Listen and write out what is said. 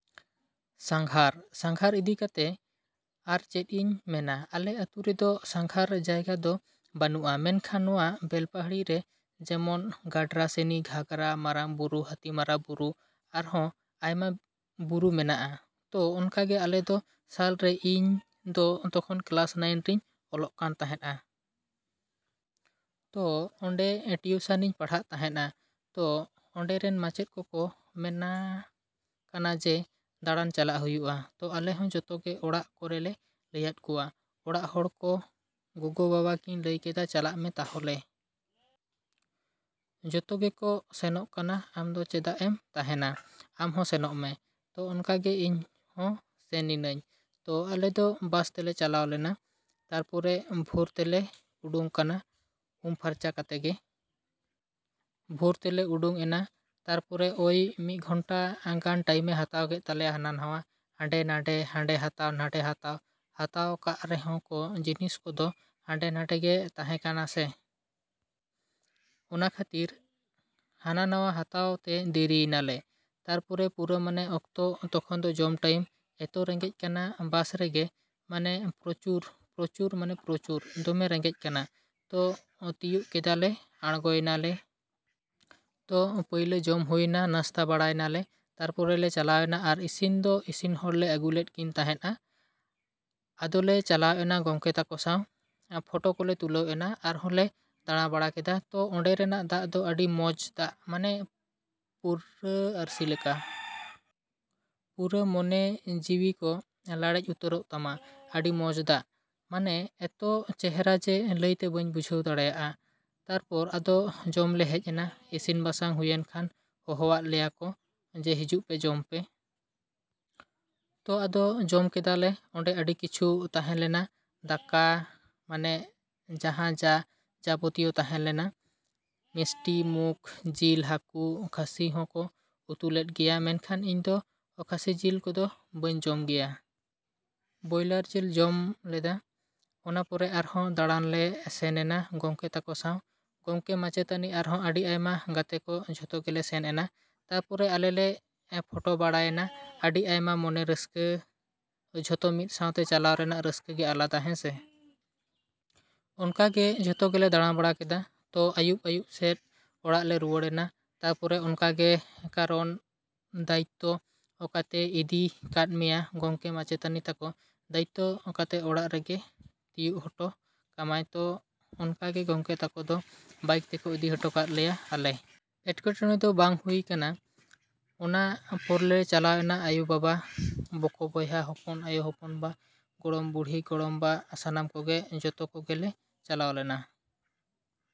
ᱥᱟᱸᱜᱷᱟᱨ᱾ ᱥᱟᱸᱜᱷᱟᱨ ᱤᱫᱤ ᱠᱟᱛᱮ ᱟᱨ ᱪᱮᱫ ᱤᱧ ᱢᱮᱱᱟ, ᱟᱞᱮ ᱟᱛᱳ ᱨᱮᱫᱚ ᱥᱟᱸᱜᱷᱟᱨ ᱡᱟᱭᱜᱟ ᱫᱚ ᱵᱟᱹᱱᱩᱜᱼᱟ᱾ ᱢᱮᱱᱠᱷᱟᱱ ᱱᱚᱣᱟ ᱵᱮᱞᱯᱟᱦᱟᱲᱤ ᱨᱮ ᱡᱮᱢᱚᱱ ᱜᱟᱰᱨᱟᱥᱤᱱᱤ, ᱜᱷᱟᱜᱽᱨᱟ, ᱢᱟᱨᱟᱝ ᱵᱩᱨᱩ, ᱦᱟᱹᱛᱤᱢᱟᱨᱟ ᱵᱩᱨᱩ, ᱟᱨᱦᱚᱸ ᱟᱭᱢᱟ ᱵᱩᱨᱩ ᱦᱮᱱᱟᱜᱼᱟ᱾ ᱛᱚ, ᱚᱱᱠᱟᱜᱮ ᱟᱞᱮ ᱫᱚ ᱥᱟᱞ ᱨᱮ, ᱤᱧ ᱫᱚ ᱛᱚᱠᱷᱚᱱ ᱠᱞᱟᱥ ᱱᱟᱭᱤᱱ ᱨᱮᱧ ᱚᱞᱚᱜ ᱠᱟᱱ ᱛᱟᱦᱮᱸᱜᱼᱟ᱾ ᱛᱚ, ᱚᱸᱰᱮ ᱴᱤᱭᱩᱥᱤᱱ ᱤᱧ ᱯᱟᱲᱦᱟᱜ ᱛᱟᱦᱮᱸᱜᱼᱟ᱾ ᱛᱚ ᱚᱸᱰᱮ ᱨᱮᱱ ᱢᱟᱪᱮᱫ ᱠᱚᱠᱚ ᱢᱮᱱᱮ ᱠᱟᱱᱟ ᱡᱮ, ᱫᱟᱬᱟᱱ ᱪᱟᱞᱟᱜ ᱦᱩᱭᱩᱜᱼᱟ᱾ ᱛᱚ, ᱟᱞᱮ ᱦᱚᱸ ᱡᱚᱛᱚᱜᱮ ᱚᱲᱟᱜ ᱠᱚᱨᱮᱞᱮ ᱞᱟᱹᱭᱟᱫ ᱠᱚᱣᱟ᱾ ᱚᱲᱟᱜ ᱦᱚᱲ ᱠᱚ, ᱜᱚᱜᱚ-ᱵᱟᱵᱟ ᱠᱤᱱ ᱞᱟᱹᱭ ᱠᱮᱫᱟ ᱪᱟᱞᱟᱜ ᱢᱮ ᱛᱟᱦᱚᱞᱮ᱾ ᱡᱷᱚᱛᱚᱜᱮᱠᱚ ᱥᱮᱱᱚᱜ ᱠᱟᱱᱟ ᱟᱢ ᱫᱚ ᱪᱮᱫᱟᱜ ᱮᱢ ᱛᱟᱦᱮᱱᱟ? ᱟᱢ ᱦᱚᱸ ᱥᱮᱱᱚᱜ ᱢᱮ᱾ ᱛᱚ, ᱚᱱᱠᱟᱜᱮ ᱤᱧ ᱦᱚᱸ ᱥᱮᱱᱮᱱᱟᱹᱧ᱾ ᱛᱚ, ᱟᱞᱮ ᱫᱚ ᱵᱟᱥ ᱛᱮᱞᱮ ᱪᱟᱞᱟᱣ ᱞᱮᱱᱟ᱾ ᱛᱟᱨᱯᱚᱨᱮ ᱵᱷᱳᱨ ᱛᱮᱞᱮ ᱩᱰᱩᱝ ᱠᱟᱱᱟ, ᱩᱢ ᱯᱷᱟᱨᱪᱟ ᱠᱟᱛᱮ ᱜᱮ᱾ ᱵᱷᱳᱨ ᱛᱮᱞᱮ ᱩᱰᱩᱝ ᱮᱱᱟ, ᱛᱟᱨᱯᱚᱨᱮ ᱚᱭ ᱢᱤᱫ ᱜᱷᱚᱱᱴᱟ ᱜᱟᱱ ᱴᱟᱭᱤᱢᱮ ᱦᱟᱛᱟᱣ ᱠᱮᱫ ᱛᱟᱞᱮᱭᱟ ᱦᱟᱱᱟ ᱱᱟᱣᱟ, ᱦᱟᱸᱰᱮ ᱱᱟᱰᱮ, ᱦᱟᱸᱰᱮ ᱦᱟᱛᱟᱣ, ᱱᱟᱸᱰᱮ ᱦᱟᱛᱟᱣ, ᱦᱟᱛᱟᱣ ᱠᱟᱜ ᱨᱮᱦᱚᱸ ᱠᱚ ᱡᱤᱱᱤᱥ ᱠᱚᱫᱚ ᱦᱟᱸᱰᱮ ᱱᱷᱟᱰᱮ ᱜᱮ ᱛᱟᱦᱮᱸ ᱠᱟᱱᱟ ᱥᱮ᱾ ᱚᱱᱟ ᱠᱷᱟᱹᱛᱤᱨ ᱦᱟᱱᱟ ᱱᱟᱣᱟ ᱦᱟᱛᱟᱣ ᱦᱟᱛᱟᱣ ᱛᱮ ᱫᱮᱨᱤᱭᱮᱱᱟᱞᱮ᱾ ᱛᱟᱨᱯᱚᱨ ᱯᱩᱨᱟᱹ ᱢᱟᱱᱮ ᱚᱠᱛᱚ ᱛᱚᱠᱷᱚᱱ ᱫᱚ ᱡᱚᱢ ᱴᱟᱭᱤᱢ ᱮᱛᱚ ᱨᱮᱸᱜᱮᱡ ᱠᱟᱱᱟ ᱵᱟᱥ ᱨᱮᱜᱮ᱾ ᱢᱟᱱᱮ ᱯᱨᱚᱪᱩᱨ, ᱯᱨᱚᱪᱩᱨ ᱢᱟᱱᱮ ᱯᱨᱚᱪᱩᱨ᱾ ᱫᱚᱢᱮ ᱨᱮᱸᱜᱮᱡ ᱠᱟᱱᱟ᱾ ᱛᱚ, ᱛᱤᱭᱳᱜ ᱠᱮᱫᱟᱞᱮ ᱟᱬᱜᱚᱭᱮᱱᱟᱞᱮ᱾ ᱛᱚ, ᱯᱟᱹᱭᱞᱟᱹ ᱡᱚᱢ ᱦᱩᱭᱮᱱᱟ, ᱱᱟᱥᱛᱟ ᱵᱟᱲᱟᱭᱮᱱᱟᱞᱮ᱾ ᱛᱟᱨᱯᱚᱨᱮ ᱞᱮ ᱪᱟᱞᱟᱣᱮᱱᱟ ᱟᱨ ᱤᱥᱤᱱ ᱫᱚ ᱤᱥᱤᱱ ᱦᱚᱲᱞᱮ ᱟᱹᱜᱩᱞᱮᱫ ᱠᱤᱱ ᱛᱟᱦᱮᱸᱜᱼᱟ᱾ ᱟᱫᱚᱞᱮ ᱪᱟᱞᱟᱣ ᱮᱱᱟ ᱜᱚᱢᱠᱮ ᱛᱟᱠᱚ ᱥᱟᱶ᱾ ᱯᱷᱚᱴᱚ ᱠᱚᱞᱮ ᱛᱩᱞᱟᱹᱣ ᱮᱱᱟ᱾ ᱟᱨᱦᱚᱸᱞᱮ ᱫᱟᱬᱟᱵᱟᱲᱟ ᱠᱮᱫᱟ᱾ ᱛᱚ, ᱚᱸᱰᱮ ᱨᱮᱱᱟᱜ ᱫᱟᱜ ᱫᱚ ᱟᱹᱰᱤ ᱢᱚᱡᱽ ᱫᱟᱜ ᱢᱟᱱᱮ ᱯᱩᱨᱟᱹ ᱟᱨᱥᱤ ᱞᱮᱠᱟ᱾ ᱯᱩᱨᱟᱹ ᱢᱚᱱᱮ ᱡᱤᱣᱭᱤ ᱠᱚ ᱞᱟᱲᱮᱡ ᱩᱛᱟᱹᱨᱚᱜ ᱛᱟᱢᱟ᱾ ᱟᱹᱰᱤ ᱢᱚᱡᱽ ᱫᱟᱜ, ᱢᱟᱱᱮ ᱮᱛᱚ ᱪᱮᱦᱨᱟ ᱡᱮ, ᱞᱟᱹᱭᱛᱮ ᱵᱟᱹᱧ ᱵᱩᱡᱷᱟᱹᱣ ᱫᱟᱲᱮᱭᱟᱜᱼᱟ᱾ ᱛᱟᱨᱯᱚᱨ ᱟᱫᱚ ᱡᱚᱢᱞᱮ ᱦᱮᱡ ᱮᱱᱟ᱾ ᱤᱥᱤᱱ ᱵᱟᱥᱟᱝ ᱦᱩᱭᱮᱱ ᱠᱷᱟᱱ ᱦᱚᱦᱚᱣᱟᱫ ᱞᱮᱭᱟ ᱠᱚ, ᱡᱮ, ᱦᱤᱡᱩᱜ ᱯᱮ, ᱡᱚᱢᱯᱮ᱾ ᱛᱚ, ᱟᱫᱚ ᱡᱚᱢ ᱠᱮᱫᱟᱞᱮ᱾ ᱚᱸᱰᱮ ᱟᱹᱰᱤ ᱠᱤᱪᱷᱩ ᱛᱟᱦᱮᱞᱮᱱᱟ, ᱫᱟᱠᱟ, ᱢᱟᱱᱮ ᱡᱟᱦᱟᱸ ᱡᱟ, ᱡᱟᱵᱚᱛᱤ ᱛᱟᱦᱮᱞᱮᱱᱟ᱾ ᱢᱤᱥᱴᱤ ᱢᱩᱠᱷ, ᱡᱤᱞ, ᱦᱟᱹᱠᱩ, ᱠᱷᱟᱹᱥᱤ ᱦᱚᱸ ᱠᱚ ᱩᱛᱩ ᱞᱮᱫ ᱜᱮᱭᱟ᱾ ᱢᱮᱱᱠᱷᱟᱱ ᱤᱧ ᱫᱚ ᱠᱷᱟᱹᱥᱤ ᱡᱤᱞ ᱠᱚᱫᱚ ᱵᱟᱹᱧ ᱡᱚᱢ ᱜᱮᱭᱟ᱾ ᱵᱚᱭᱞᱟᱨ ᱡᱮᱞ ᱡᱚᱢ ᱞᱮᱫᱟ᱾ ᱚᱱᱟ ᱯᱚᱨᱮ ᱟᱨᱦᱚᱸ ᱫᱟᱬᱟᱱ ᱞᱮ ᱥᱮᱱᱮᱱᱟ ᱜᱚᱢᱠᱮ ᱛᱟᱠᱚ ᱥᱟᱸᱶ᱾ ᱜᱚᱢᱠᱮ, ᱢᱟᱪᱮᱛᱟᱹᱱᱤ ᱟᱨᱦᱚᱸ ᱟᱹᱰᱤ ᱟᱭᱢᱟ ᱜᱟᱛᱮ ᱠᱚ ᱡᱷᱚᱛᱚ ᱜᱮᱞᱮ ᱥᱮᱱ ᱮᱱᱟ᱾ ᱛᱟᱨᱯᱚᱨ ᱟᱞᱮ ᱞᱮ ᱯᱷᱚᱴᱚ ᱵᱟᱲᱟᱭᱮᱱᱟ᱾ ᱟᱹᱰᱤ ᱟᱭᱢᱟ ᱢᱟᱱᱮ ᱨᱟᱹᱥᱠᱟᱹ ᱡᱷᱚᱛᱚ ᱢᱤᱫ ᱥᱟᱶᱛᱮ ᱪᱟᱞᱟᱜ ᱨᱮᱱᱟᱜ ᱨᱟᱹᱥᱠᱟᱹ ᱜᱮ ᱟᱞᱟᱫᱟ ᱦᱮᱸᱥᱮ᱾ ᱚᱱᱠᱟ ᱜᱮ ᱡᱷᱚᱛᱚ ᱜᱮᱞᱮ ᱫᱟᱬᱟ ᱵᱟᱲᱟ ᱠᱮᱫᱟ, ᱛᱚ, ᱟᱭᱩᱵ ᱟᱭᱩᱵ ᱥᱮᱫ ᱚᱲᱟᱜ ᱞᱮ ᱨᱩᱣᱟᱹᱲᱮᱱᱟ᱾ ᱛᱟᱨᱯᱚᱨᱮ ᱚᱱᱠᱟᱜᱮ, ᱠᱟᱨᱚᱱ, ᱫᱟᱭᱤᱛᱛᱚ ᱠᱟᱛᱮ ᱤᱫᱤᱭ ᱠᱟᱫ ᱢᱮᱭᱟ ᱜᱚᱢᱠᱮ ᱢᱟᱪᱮᱛᱟᱱᱤ ᱛᱟᱠᱚ, ᱫᱟᱭᱤᱛᱛᱚ ᱠᱟᱛᱮ ᱚᱲᱟᱜ ᱨᱮᱜᱮ ᱛᱤᱭᱟᱹᱜ ᱦᱚᱴᱚ ᱠᱟᱢᱟᱭ᱾ ᱛᱚ, ᱚᱱᱠᱟ ᱜᱮ ᱜᱚᱢᱠᱮ ᱛᱟᱠᱚ ᱫᱚ ᱵᱟᱭᱤᱠ ᱛᱮᱠᱚ ᱤᱫᱤ ᱦᱚᱴᱚ ᱠᱟᱜ ᱞᱮᱭᱟ ᱟᱞᱮ᱾ ᱮᱴᱠᱮᱴᱚᱬᱮ ᱫᱚ ᱵᱟᱝ ᱦᱩᱭ ᱠᱟᱱᱟ᱾ ᱚᱱᱟ ᱯᱚᱨᱞᱮ ᱪᱟᱞᱟᱣ ᱞᱮᱱᱟ ᱟᱭᱳᱼᱵᱟᱵᱟ, ᱵᱚᱠᱚ ᱵᱚᱭᱦᱟ, ᱦᱚᱯᱚᱱ ᱟᱭᱳ ᱦᱚᱯᱚᱱ ᱵᱟ, ᱜᱚᱲᱚᱢ ᱵᱩᱲᱦᱤ ᱜᱚᱲᱚᱢ ᱵᱟ ᱥᱟᱱᱟᱢ ᱠᱚᱜᱮ᱾ ᱡᱷᱚᱛᱚ ᱠᱚᱜᱮᱞᱮ ᱪᱟᱞᱟᱣ ᱞᱮᱱᱟ ᱾